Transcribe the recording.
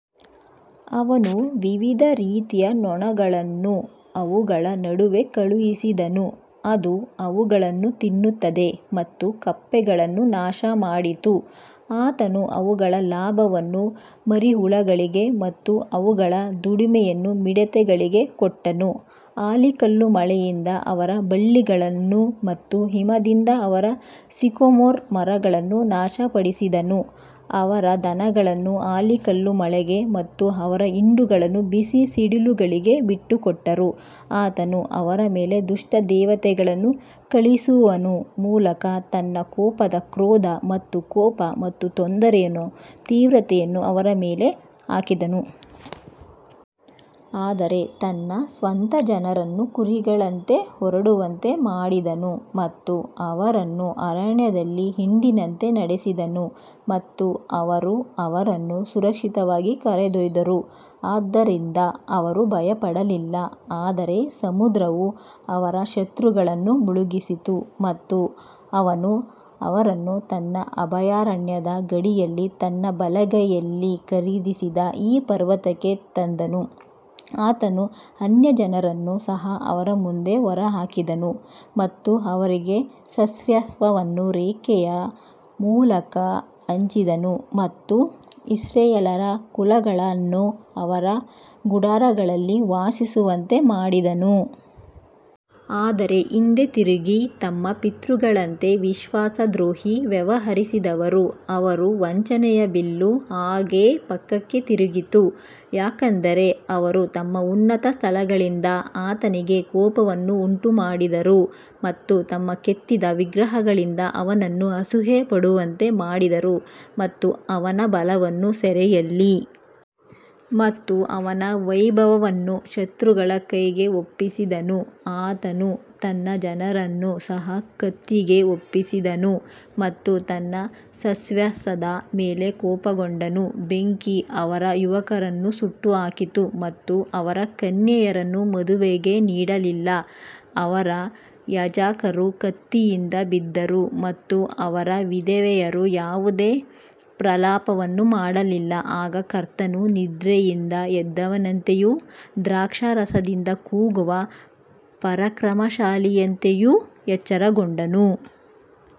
ಅವನು ವಿವಿಧ ರೀತಿಯ ನೊಣಗಳನ್ನು ಅವುಗಳ ನಡುವೆ ಕಳುಹಿಸಿದನು, ಅದು ಅವುಗಳನ್ನು ತಿನ್ನುತ್ತದೆ ಮತ್ತು ಕಪ್ಪೆಗಳನ್ನು ನಾಶಮಾಡಿತು ಆತನು ಅವುಗಳ ಲಾಭವನ್ನು ಮರಿಹುಳುಗಳಿಗೆ ಮತ್ತು ಅವುಗಳ ದುಡಿಮೆಯನ್ನು ಮಿಡತೆಗಳಿಗೆ ಕೊಟ್ಟನು ಆಲಿಕಲ್ಲು ಮಳೆಯಿಂದ ಅವರ ಬಳ್ಳಿಗಳನ್ನು ಮತ್ತು ಹಿಮದಿಂದ ಅವರ ಸಿಕೊಮೊರ್ ಮರಗಳನ್ನು ನಾಶಪಡಿಸಿದನು ಅವರ ದನಗಳನ್ನು ಆಲಿಕಲ್ಲು ಮಳೆಗೆ ಮತ್ತು ಅವರ ಹಿಂಡುಗಳನ್ನು ಬಿಸಿ ಸಿಡಿಲುಗಳಿಗೆ ಬಿಟ್ಟುಕೊಟ್ಟರು ಆತನು ಅವರ ಮೇಲೆ ದುಷ್ಟ ದೇವತೆಗಳನ್ನು ಕಳುಹಿಸುವ ಮೂಲಕ ತನ್ನ ಕೋಪದ ಕ್ರೋಧ ಮತ್ತು ಕೋಪ ಮತ್ತು ತೊಂದರೆಯ ತೀವ್ರತೆಯನ್ನು ಅವರ ಮೇಲೆ ಹಾಕಿದನು. ಆದರೆ ತನ್ನ ಸ್ವಂತ ಜನರನ್ನು ಕುರಿಗಳಂತೆ ಹೊರಡುವಂತೆ ಮಾಡಿದನು ಮತ್ತು ಅವರನ್ನು ಅರಣ್ಯದಲ್ಲಿ ಹಿಂಡಿನಂತೆ ನಡೆಸಿದನು ಮತ್ತು ಅವರು ಅವರನ್ನು ಸುರಕ್ಷಿತವಾಗಿ ಕರೆದೊಯ್ದರು ಆದ್ದರಿಂದ ಅವರು ಭಯಪಡಲಿಲ್ಲ ಆದರೆ ಸಮುದ್ರವು ಅವರ ಶತ್ರುಗಳನ್ನು ಮುಳುಗಿಸಿತು ಮತ್ತು ಅವನು ಅವರನ್ನು ತನ್ನ ಅಭಯಾರಣ್ಯದ ಗಡಿಯಲ್ಲಿ ತನ್ನ ಬಲಗೈ ಖರೀದಿಸಿದ ಈ ಪರ್ವತಕ್ಕೆ ತಂದನು ಆತನು ಅನ್ಯಜನರನ್ನು ಸಹ ಅವರ ಮುಂದೆ ಹೊರಹಾಕಿದನು ಮತ್ತು ಅವರಿಗೆ ಸ್ವಾಸ್ತ್ಯವನ್ನು ರೇಖೆಯ ಮೂಲಕ ಹಂಚಿದನು ಮತ್ತು ಇಸ್ರಾಯೇಲ್ಯರ ಕುಲಗಳನ್ನು ಅವರ ಗುಡಾರಗಳಲ್ಲಿ ವಾಸಿಸುವಂತೆ ಮಾಡಿದನು. ಆದರೆ ಹಿಂದೆ ತಿರುಗಿ ತಮ್ಮ ಪಿತೃಗಳಂತೆ ವಿಶ್ವಾಸದ್ರೋಹಿ ವ್ಯವಹರಿಸಿದರು ಅವರು ವಂಚನೆಯ ಬಿಲ್ಲು ಹಾಗೆ ಪಕ್ಕಕ್ಕೆ ತಿರುಗಿತು ಯಾಕಂದರೆ ಅವರು ತಮ್ಮ ಉನ್ನತ ಸ್ಥಳಗಳಿಂದ ಆತನಿಗೆ ಕೋಪವನ್ನು ಉಂಟುಮಾಡಿದರು ಮತ್ತು ತಮ್ಮ ಕೆತ್ತಿದ ವಿಗ್ರಹಗಳಿಂದ ಅವನನ್ನು ಅಸೂಯೆ ಪಡುವಂತೆ ಮಾಡಿದರು. ಮತ್ತು ಅವನ ಬಲವನ್ನು ಸೆರೆಯಲ್ಲಿ ಮತ್ತು ಅವನ ವೈಭವವನ್ನು ಶತ್ರುಗಳ ಕೈಗೆ ಒಪ್ಪಿಸಿದನು ಆತನು ತನ್ನ ಜನರನ್ನು ಸಹ ಕತ್ತಿಗೆ ಒಪ್ಪಿಸಿದನು ಮತ್ತು ತನ್ನ ಸ್ವಾಸ್ತ್ಯದ ಮೇಲೆ ಕೋಪಗೊಂಡನು ಬೆಂಕಿ ಅವರ ಯುವಕರನ್ನು ಸುಟ್ಟುಹಾಕಿತು ಮತ್ತು ಅವರ ಕನ್ಯೆಯರನ್ನು ಮದುವೆಗೆ ನೀಡಲಿಲ್ಲ ಅವರ ಯಾಜಕರು ಕತ್ತಿಯಿಂದ ಬಿದ್ದರು ಮತ್ತು ಅವರ ವಿಧವೆಯರು ಯಾವುದೇ ಪ್ರಲಾಪವನ್ನು ಮಾಡಲಿಲ್ಲ ಆಗ ಕರ್ತನು ನಿದ್ರೆಯಿಂದ ಎದ್ದವನಂತೆಯೂ ದ್ರಾಕ್ಷಾರಸದಿಂದ ಕೂಗುವ ಪರಾಕ್ರಮಶಾಲಿಯಂತೆಯೂ ಎಚ್ಚರಗೊಂಡನು.